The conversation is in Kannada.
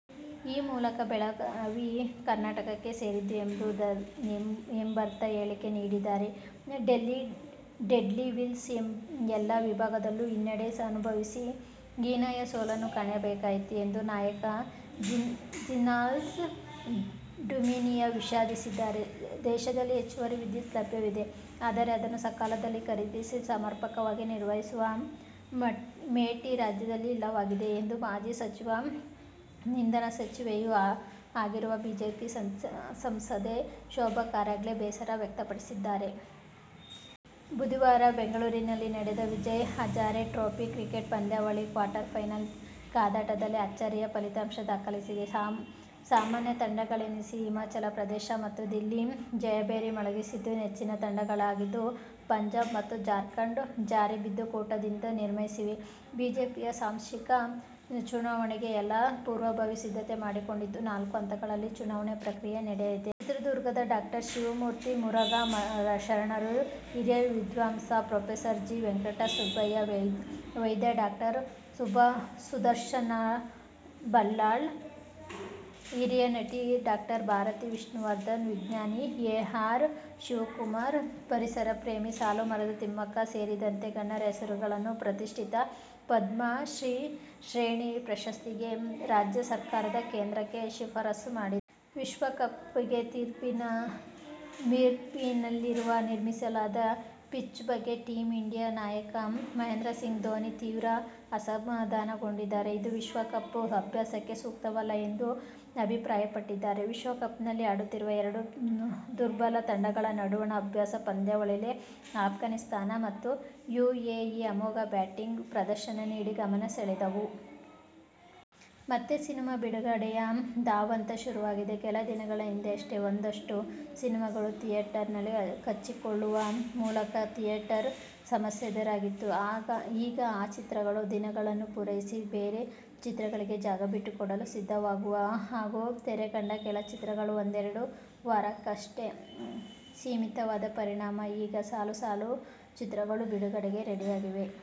ಈ ಮೂಲಕ ಬೆಳಗಾವಿ ಕರ್ನಾಟಕಕ್ಕೆ ಸೇರಿದ್ದು ಎಂಬರ್ಥದ ಹೇಳಿಕೆ ನೀಡಿದ್ದಾರೆ. ಡೆಲ್ಲಿ ಡೇರ್ಡೆವಿಲ್ಸ್ ಎಲ್ಲ ವಿಭಾಗದಲ್ಲೂ ಹಿನ್ನಡೆ ಅನುಭವಿಸಿ ಹೀನಾಯ ಸೋಲನ್ನು ಕಾಣಬೇಕಾಯಿತು ಎಂದು ನಾಯಕ ಜೀನ್ಪಾಲ್ ಡ್ಯುಮಿನಿ ವಿಷಾದಿಸಿದ್ದಾರೆ. ದೇಶದಲ್ಲಿ ಹೆಚ್ಚುವರಿ ವಿದ್ಯುತ್ ಲಭ್ಯವಿದೆ. ಆದರೆ ಅದನ್ನು ಸಕಾಲದಲ್ಲಿ ಖರೀದಿಸಿ, ಸಮ ರ್ಪಕವಾಗಿ ನಿರ್ವಹಿಸುವ "ಮೇಟಿ' ರಾಜ್ಯದಲ್ಲಿ ಇಲ್ಲವಾಗಿದೆ ಎಂದು ಮಾಜಿ ಇಂಧನ ಸಚಿವೆಯೂ ಆಗಿರುವ ಬಿಜೆಪಿ ಸಂಸದೆ ಶೋಭಾ ಕರಂದ್ಲಾಜೆ ಬೇಸರ ವ್ಯಕ್ತಪಡಿಸಿದ್ದಾರೆ. ಬುಧವಾರ ಬೆಂಗಳೂರಿನಲ್ಲಿ ನಡೆದ ವಿಜಯ್ ಹಜಾರೆ ಟ್ರೋಫಿ ಕ್ರಿಕೆಟ್ ಪಂದ್ಯಾವಳಿಯ ಕ್ವಾರ್ಟರ್ ಫೈನಲ್ ಕಾದಾಟದಲ್ಲಿ ಅಚ್ಚರಿಯ ಫಲಿತಾಂಶ ದಾಖಲಾಗಿದೆ. ಸಾಮಾನ್ಯ ತಂಡಗಳೆನಿಸಿದ ಹಿಮಾಚಲ ಪ್ರದೇಶ ಮತ್ತು ದಿಲ್ಲಿ ಜಯಭೇರಿ ಮೊಳಗಿಸಿದ್ದು, ನೆಚ್ಚಿನ ತಂಡಗಳಾಗಿದ್ದ ಪಂಜಾಬ್ ಮತ್ತು ಜಾರ್ಖಂಡ್ ಜಾರಿ ಬಿದ್ದು ಕೂಟದಿಂದ ನಿರ್ಗಮಿಸಿವೆ. ಬಿಜೆಪಿಯ ಸಾಂಸ್ಥಿಕ ಚುನಾವಣೆಗೆ ಎಲ್ಲ ಪೂರ್ವಭಾವಿ ಸಿದ್ಧತೆ ಮಾಡಿಕೊಂಡಿದ್ದು, ನಾಲ್ಕು ಹಂತಗಳಲ್ಲಿ ಚುನಾವಣಾ ಪ್ರಕ್ರಿಯೆ ನಡೆಯಲಿದೆ. ಚಿತ್ರದುರ್ಗದ ಡಾ ಶಿವಮೂರ್ತಿ ಮುರುಘಾ ಶರಣರು, ಹಿರಿಯ ವಿದ್ವಾಂಸ ಪ್ರೊ ಜಿ. ವೆಂಕಟಸುಬ್ಬಯ್ಯ, ವೈದ್ಯ, ಡಾ ಸುದರ್ಶನ್ಬಲ್ಲಾಳ್, ಹಿರಿಯ ನಟಿ ಡಾ ಭಾರತಿ ವಿಷ್ಣುವರ್ಧನ್, ವಿಜ್ಞಾನಿ ಎ. ಆರ್. ಶಿವಕುಮಾರ್, ಪರಿಸರ ಪ್ರೇಮಿ ಸಾಲುಮರದ ತಿಮ್ಮಕ್ಕ ಸೇರಿದಂತೆ ಗಣ್ಯರ ಹೆಸರುಗಳನ್ನು ಪ್ರತಿಷ್ಠಿತ ಪದ್ಮ ಶ್ರೇಣಿ ಪ್ರಶಸ್ತಿಗೆ ರಾಜ್ಯ ಸರ್ಕಾರ ಕೇಂದ್ರಕ್ಕೆ ಶಿಫಾರಸು ಮಾಡಿದೆ. ಏಶ್ಯ ಕಪ್ಗಾಗಿ ಮೀರ್ಪುರ್ನಲ್ಲಿ ನಿರ್ಮಿಸಲಾದ ಪಿಚ್ ಬಗ್ಗೆ ಟೀಮ್ ಇಂಡಿಯಾ ನಾಯಕ ಮಹೇಂದ್ರ ಸಿಂಗ್ ಧೋನಿ ತೀವ್ರ ಅಸಮಾಧಾನಗೊಂಡಿದ್ದಾರೆ. ಇದು ವಿಶ್ವಕಪ್ ಅಭ್ಯಾಸಕ್ಕೆ ಸೂಕ್ತವಲ್ಲ ಎಂದು ಅಭಿಪ್ರಾಯಪಟ್ಟಿದ್ದಾರೆ. ವಿಶ್ವ ಕಪ್ನಲ್ಲಿ ಆಡುತ್ತಿರುವ ಎರಡು ದುರ್ಬಲ ತಂಡಗಳ ನಡುವಣ ಅಭ್ಯಾಸ ಪಂದ್ಯದಲ್ಲಿ ಅಫ್ಘಾನಿಸ್ಥಾನ ಮತ್ತು ಯುಎಇ ಅಮೋಘ ಬ್ಯಾಟಿಂಗ್ ಪ್ರದರ್ಶನ ನೀಡಿ ಗಮನ ಸೆಳೆದವು. ಮತ್ತೆ ಸಿನಿಮಾ ಬಿಡುಗಡೆಯ ಧಾವಂತ ಶುರುವಾಗಿದೆ. ಕೆಲ ದಿನಗಳ ಹಿಂದಷ್ಟೇ ಒಂದಷ್ಟು ಸಿನಿಮಾಗಳು ಥಿಯೇಟರ್ನಲ್ಲಿ ಕಚ್ಚಿಕೊಳ್ಳುವ ಮೂಲಕ ಥಿಯೇಟರ್ ಸಮಸ್ಯೆ ಎದುರಾಗಿತ್ತು. ಈಗ ಆ ಚಿತ್ರಗಳು ದಿನಗಳನ್ನು ಪೂರೈಸಿ, ಬೇರೆ ಚಿತ್ರಗಳಿಗೆ ಜಾಗ ಬಿಟ್ಟುಕೊಡಲು ಸಿದ್ಧವಾಗುವ ಹಾಗೂ ತೆರೆಕಂಡ ಕೆಲ ಚಿತ್ರಗಳು ಒಂದೆರಡು ವಾರಕ್ಕಷ್ಟೇ ಸೀಮಿತವಾದ ಪರಿಣಾಮ ಈಗ ಸಾಲು ಸಾಲು ಚಿತ್ರಗಳು ಬಿಡುಗಡೆಗೆ ರೆಡಿಯಾಗಿವೆ.